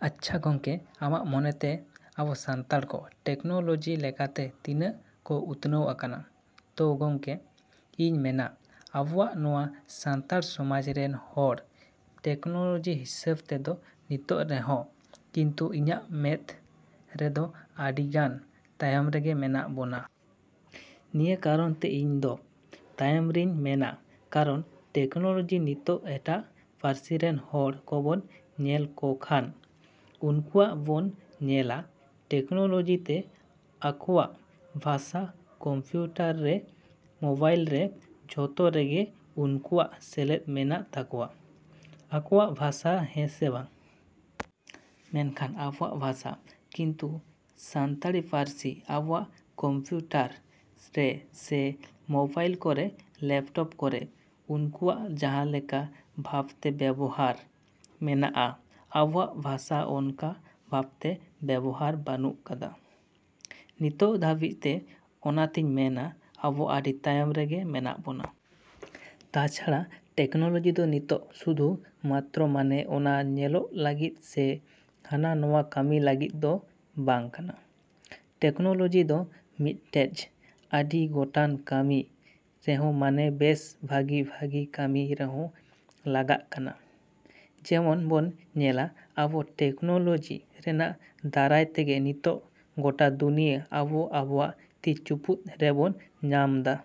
‎ᱟᱪᱪᱷᱟ ᱜᱚᱢᱠᱮ, ᱟᱢᱟᱜ ᱢᱚᱱᱮᱛᱮ ᱟᱵᱚ ᱥᱟᱱᱛᱟᱲ ᱠᱚ ᱴᱮᱠᱱᱳᱞᱚᱡᱤ ᱞᱮᱠᱟᱛᱮ ᱛᱤᱱᱟᱹᱜ ᱠᱚ ᱩᱛᱱᱟᱹᱣ ᱟᱠᱟᱱᱟ? ᱛᱳ ᱜᱚᱢᱠᱮ, ᱤᱧ ᱢᱮᱱᱟ ᱟᱵᱚᱣᱟᱜ ᱱᱚᱣᱟ ᱥᱟᱱᱛᱟᱲ ᱥᱚᱢᱟᱡᱽ ᱨᱮᱱ ᱦᱚᱲ ᱴᱮᱠᱱᱳᱞᱚᱡᱤ ᱦᱤᱥᱟᱹᱵ ᱛᱮᱫᱚ ᱱᱤᱛᱚᱜ ᱨᱮᱦᱚᱸ ᱠᱤᱱᱛᱩ ᱤᱧᱟᱹᱜ ᱢᱮᱫ ᱨᱮᱫᱚ ᱟᱹᱰᱤᱜᱟᱱ ᱛᱟᱭᱚᱢ ᱨᱮᱜᱮ ᱢᱮᱱᱟᱜ ᱵᱚᱱᱟ᱾ ᱱᱤᱭᱟᱹ ᱠᱟᱨᱚᱱᱛᱮ ᱤᱧᱫᱚ ᱛᱟᱭᱚᱢ ᱨᱤᱧ ᱢᱮᱱᱟ ᱠᱟᱨᱚᱱ ᱴᱮᱠᱱᱳᱞᱚᱡᱤ ᱱᱤᱛᱚᱜ ᱮᱴᱟᱜ ᱯᱟᱹᱨᱥᱤ ᱨᱮᱱ ᱦᱚᱲ ᱠᱚᱵᱚᱱ ᱧᱮᱞ ᱠᱚᱠᱷᱟᱱ ᱩᱱᱠᱩᱣᱟᱜ ᱵᱚᱱ ᱧᱮᱞᱟ ᱴᱮᱠᱱᱳᱞᱚᱡᱤ ᱛᱮ ᱟᱠᱚᱣᱟᱜ ᱵᱷᱟᱥᱟ ᱠᱚᱢᱯᱤᱭᱩᱴᱟᱨ ᱨᱮ, ᱢᱳᱵᱟᱭᱤᱞ ᱨᱮ, ᱡᱚᱛᱚ ᱨᱮᱜᱮ ᱩᱱᱠᱩᱣᱟᱜ ᱥᱮᱞᱮᱫ ᱢᱮᱱᱟᱜ ᱛᱟᱠᱚᱣᱟ, ᱟᱠᱚᱣᱟᱜ ᱵᱷᱟᱥᱟ ᱦᱮᱸᱥᱮ ᱵᱟᱝ? ᱢᱮᱱᱠᱷᱟᱱ ᱟᱵᱚᱣᱟᱜ ᱵᱷᱟᱥᱟ ᱠᱤᱱᱛᱩ ᱥᱟᱱᱛᱟᱲᱤ ᱯᱟᱹᱨᱥᱤ ᱟᱵᱚᱣᱟᱜ ᱠᱚᱢᱯᱤᱭᱩᱴᱟᱨ ᱨᱮ ᱥᱮ ᱢᱳᱵᱟᱭᱤᱞ ᱠᱚᱨᱮ, ᱞᱮᱯᱴᱚᱯ ᱠᱚᱨᱮ ᱩᱱᱠᱩᱣᱟᱜ ᱡᱟᱦᱟᱸ ᱞᱮᱠᱟ ᱵᱷᱟᱵᱽᱛᱮ ᱵᱮᱵᱚᱦᱟᱨ ᱢᱮᱱᱟᱜᱼᱟ, ᱟᱵᱚᱣᱟᱜ ᱵᱷᱟᱥᱟ ᱚᱱᱠᱟ ᱵᱷᱟᱵᱽᱛᱮ ᱵᱮᱵᱚᱦᱟᱨ ᱵᱟ.ᱱᱩᱜ ᱠᱟᱫᱟ ᱱᱤᱛᱚᱜ ᱫᱷᱟᱹᱵᱤᱡᱛᱮ᱾ ᱚᱱᱟᱛᱤᱧ ᱢᱮᱱᱟ ᱟᱵᱚ ᱟᱹᱰᱤ ᱛᱟᱭᱚᱢ ᱨᱮᱜᱮ ᱢᱮᱱᱟᱜ ᱵᱚᱱᱟ᱾ ᱛᱟᱪᱷᱟᱲᱟ ᱴᱮᱠᱱᱚᱞᱚᱡᱤ ᱫᱚ ᱱᱤᱛᱚᱜ ᱥᱩᱫᱷᱩ ᱢᱟᱛᱨᱚ ᱢᱟᱱᱮ ᱚᱱᱟ ᱧᱮᱞᱚᱜ ᱞᱟᱹᱜᱤᱫ ᱥᱮ ᱦᱟᱱᱟ ᱱᱚᱣᱟ ᱠᱟᱹᱢᱤ ᱞᱟᱹᱜᱤᱫ ᱫᱚ ᱵᱟᱝ ᱠᱟᱱᱟ᱾ ᱴᱮᱠᱱᱳᱞᱚᱡᱤ ᱫᱚ ᱢᱤᱫᱴᱮᱡ ᱟᱹᱰᱤ ᱜᱚᱴᱟᱝ ᱠᱟᱹᱢᱤ ᱨᱮᱦᱚᱸ ᱢᱟᱱᱮ ᱵᱮᱥ ᱵᱷᱟᱹᱜᱤᱼᱵᱷᱟᱹᱜᱤ ᱠᱟᱹᱢᱤ ᱨᱮᱦᱚᱸ ᱞᱟᱜᱟᱜ ᱠᱟᱱᱟ᱾ ᱡᱮᱢᱚᱱ ᱵᱚᱱ ᱧᱮᱞᱟ ᱟᱵᱚ ᱴᱮᱠᱱᱳᱞᱚᱡᱤ ᱨᱮᱱᱟᱜ ᱫᱟᱨᱟᱭ ᱛᱮᱜᱮ ᱱᱤᱛᱚᱜ ᱜᱚᱴᱟ ᱫᱩᱱᱤᱭᱟᱹ ᱟᱵᱚ ᱟᱵᱚᱣᱟᱜ ᱛᱤ ᱪᱩᱯᱩᱫ ᱨᱮᱵᱚᱱ ᱧᱟᱢᱫᱟ᱾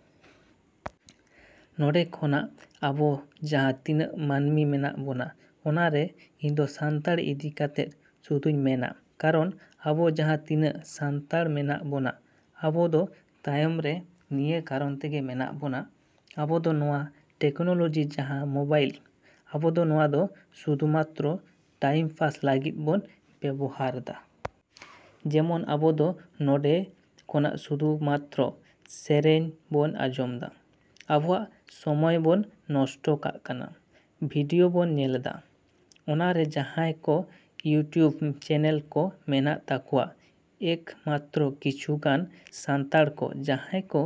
ᱱᱚᱸᱰᱮ ᱠᱷᱚᱱᱟᱜ ᱟᱵᱚ ᱡᱟᱦᱟᱸ ᱛᱤᱱᱟᱹᱜ ᱢᱟᱹᱱᱢᱤ ᱢᱮᱱᱟᱜ ᱵᱚᱱᱟ, ᱚᱱᱟᱨᱮ ᱤᱧᱫᱚ ᱥᱟᱱᱛᱟᱲᱤ ᱤᱫᱤ ᱠᱟᱛᱮᱫ ᱥᱩᱫᱷᱩᱧ ᱢᱮᱱᱟ ᱠᱟᱨᱚᱱ ᱟᱵᱚ ᱡᱟᱦᱟᱸ ᱛᱤᱱᱟᱹᱜ ᱥᱟᱱᱛᱟᱲ ᱢᱮᱱᱟᱜ ᱵᱚᱱᱟ, ᱟᱵᱚ ᱫᱚ ᱛᱟᱭᱚᱢ ᱨᱮ ᱱᱤᱭᱟᱹ ᱠᱟᱨᱚᱱ ᱛᱮᱜᱮ ᱢᱮᱱᱟᱜ ᱵᱚᱱᱟ ,ᱟᱵᱚᱫᱚ ᱱᱚᱣᱟ ᱴᱮᱠᱱᱳᱞᱚᱡᱤ ᱡᱟᱦᱟᱸ ᱢᱳᱵᱟᱭᱤᱞ, ᱟᱵᱚᱫᱚ ᱱᱚᱣᱟᱫᱚ ᱥᱩᱫᱷᱩ ᱢᱟᱛᱨᱚ ᱴᱟᱭᱤᱢ ᱯᱟᱥ ᱞᱟᱹᱜᱤᱫ ᱵᱚᱱ ᱵᱮᱵᱚᱦᱟᱨᱫᱟ᱾ ᱡᱮᱢᱚᱱ ᱟᱵᱚᱫᱚ ᱱᱚᱸᱰᱮ ᱠᱷᱚᱱᱟᱜ ᱥᱩᱫᱷᱩ ᱢᱟᱛᱨᱚ ᱥᱮᱨᱮᱧ ᱵᱚᱱ ᱟᱸᱡᱚᱢᱫᱟ, ᱟᱵᱚᱣᱟᱜ ᱥᱚᱢᱚᱭ ᱵᱚᱱ ᱱᱚᱥᱴᱚ ᱠᱟᱜ ᱠᱟᱱᱟ, ᱵᱷᱤᱰᱭᱳ ᱵᱚᱱ ᱧᱮᱞᱫᱟ᱾ ᱚᱱᱟᱨᱮ ᱡᱟᱦᱟᱸᱭ ᱠᱚ ᱤᱭᱩᱴᱩᱵᱽ ᱪᱮᱱᱮᱞ ᱠᱚ ᱢᱮᱱᱟᱜ ᱛᱟᱠᱚᱣᱟ, ᱮᱠ ᱢᱟᱛᱨᱚ ᱠᱤᱪᱷᱩ ᱜᱟᱱ ᱥᱟᱱᱛᱟᱲ ᱠᱚ ᱡᱟᱦᱟᱸᱭ ᱠᱚ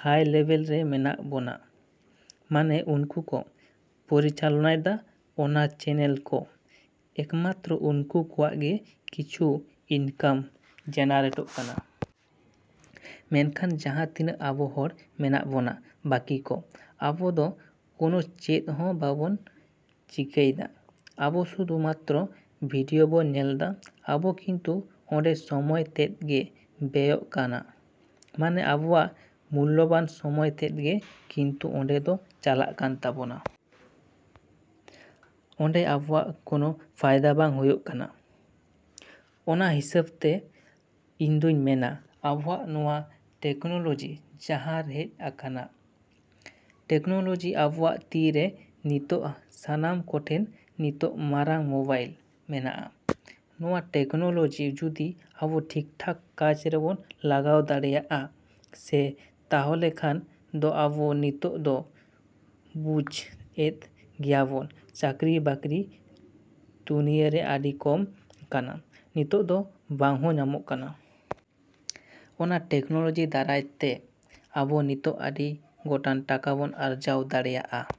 ᱦᱟᱭ ᱞᱮᱵᱮᱞ ᱨᱮ ᱢᱮᱱᱟᱜ ᱵᱚᱱᱟ, ᱢᱟᱱᱮ ᱩᱱᱠᱩ ᱠᱚ ᱯᱚᱨᱤᱪᱟᱞᱚᱱᱟᱭᱫᱟ ᱚᱱᱟ ᱪᱮᱱᱮᱞ ᱠᱚ, ᱮᱠᱢᱟᱛᱨᱚ ᱩᱱᱠᱩ ᱠᱚᱣᱟᱜ ᱜᱮ ᱠᱤᱪᱷᱩ ᱤᱱᱠᱟᱢ ᱡᱮᱱᱟᱨᱮᱴᱚᱜ ᱠᱟᱱᱟ᱾ ᱢᱮᱱᱠᱷᱟᱱ ᱡᱟᱦᱟᱸ ᱛᱤᱱᱟᱹᱜ ᱟᱵᱚ ᱦᱚᱲ ᱢᱮᱱᱟᱜ ᱵᱚᱱᱟ ᱵᱟᱹᱠᱤ ᱠᱚ, ᱟᱵᱚᱫᱚ ᱠᱳᱱᱳ ᱪᱮᱫᱦᱚᱸ ᱵᱟᱵᱚᱱ ᱪᱤᱠᱟᱹᱭᱫᱟ᱾ ᱟᱵᱚ ᱥᱩᱫᱷᱩ ᱢᱟᱛᱨᱚ ᱵᱷᱤᱰᱭᱳ ᱵᱚᱱ ᱧᱮᱞᱫᱟ᱾ ᱟᱵᱚ ᱠᱤᱱᱛᱩ ᱚᱸᱰᱮ ᱥᱚᱢᱚᱭ ᱛᱮᱫᱜᱮ ᱵᱮᱭᱚᱜ ᱠᱟᱱᱟ, ᱢᱟᱱᱮ ᱟᱵᱚᱣᱟᱜ ᱢᱩᱞᱞᱚᱵᱟᱱ ᱥᱚᱢᱚᱭ ᱛᱮᱫᱜᱮ ᱠᱤᱱᱛᱩ ᱚᱸᱰᱮ ᱫᱚ ᱪᱟᱞᱟᱜ ᱠᱟᱱ ᱛᱟᱵᱚᱱᱟ᱾ ᱚᱸᱰᱮ ᱟᱵᱚᱣᱟᱜ ᱠᱳᱱᱳ ᱯᱷᱟᱭᱫᱟ ᱵᱟᱝ ᱦᱩᱭᱩᱜ ᱠᱟᱱᱟ᱾ ᱚᱱᱟ ᱦᱤᱥᱟᱹᱵᱛᱮ ᱤᱧᱫᱩᱧ ᱢᱮᱱᱟ ᱟᱵᱚᱣᱟᱜ ᱱᱚᱣᱟ ᱴᱮᱠᱱᱳᱞᱚᱡᱤ ᱡᱟᱦᱟᱸ ᱦᱮᱡ ᱟᱠᱟᱱᱟ, ᱴᱮᱠᱱᱳᱞᱚᱡᱤ ᱟᱵᱚᱣᱟᱜ ᱛᱤ ᱨᱮ ᱱᱤᱛᱚᱜ ᱥᱟᱱᱟᱢ ᱠᱚᱴᱷᱮᱱ ᱱᱤᱛᱚᱜ ᱢᱟᱨᱟᱝ ᱢᱳᱵᱟᱭᱤᱞ ᱢᱮᱱᱟᱜᱼᱟ᱾ ᱱᱚᱣᱟ ᱴᱮᱠᱱᱳᱞᱚᱡᱤ ᱡᱩᱫᱤ ᱟᱵᱚ ᱴᱷᱤᱠ ᱴᱷᱟᱠ ᱠᱟᱡᱽ ᱨᱮᱵᱚᱱ ᱞᱟᱜᱟᱣ ᱫᱟᱲᱮᱭᱟᱜᱼᱟ ᱥᱮ, ᱛᱟᱦᱞᱮ ᱠᱷᱟᱱ ᱫᱚ ᱟᱵᱚ ᱱᱤᱛᱚᱜ ᱫᱚ ᱵᱩᱡᱽ ᱮᱫ ᱜᱮᱭᱟᱵᱚᱱ ᱪᱟᱹᱠᱨᱤ ᱵᱟᱹᱠᱨᱤ ᱫᱩᱱᱭᱟᱹᱨᱮ ᱟᱹᱰᱤ ᱠᱚᱢ ᱟᱠᱟᱱᱟ, ᱱᱤᱛᱚᱜ ᱫᱚ ᱵᱟᱝᱦᱚᱸ ᱧᱟᱢᱚᱜ ᱠᱟᱱᱟ᱾ ᱚᱱᱟ ᱴᱮᱠᱱᱳᱞᱚᱡᱤ ᱫᱟᱨᱟᱭᱛᱮ ᱟᱵᱚ ᱱᱤᱛᱚᱜ ᱟᱹᱰᱤ ᱜᱚᱴᱟᱝ ᱴᱟᱠᱟ ᱵᱚᱱ ᱟᱨᱡᱟᱣ ᱫᱟᱲᱮᱭᱟᱜ ᱼ ᱟ᱾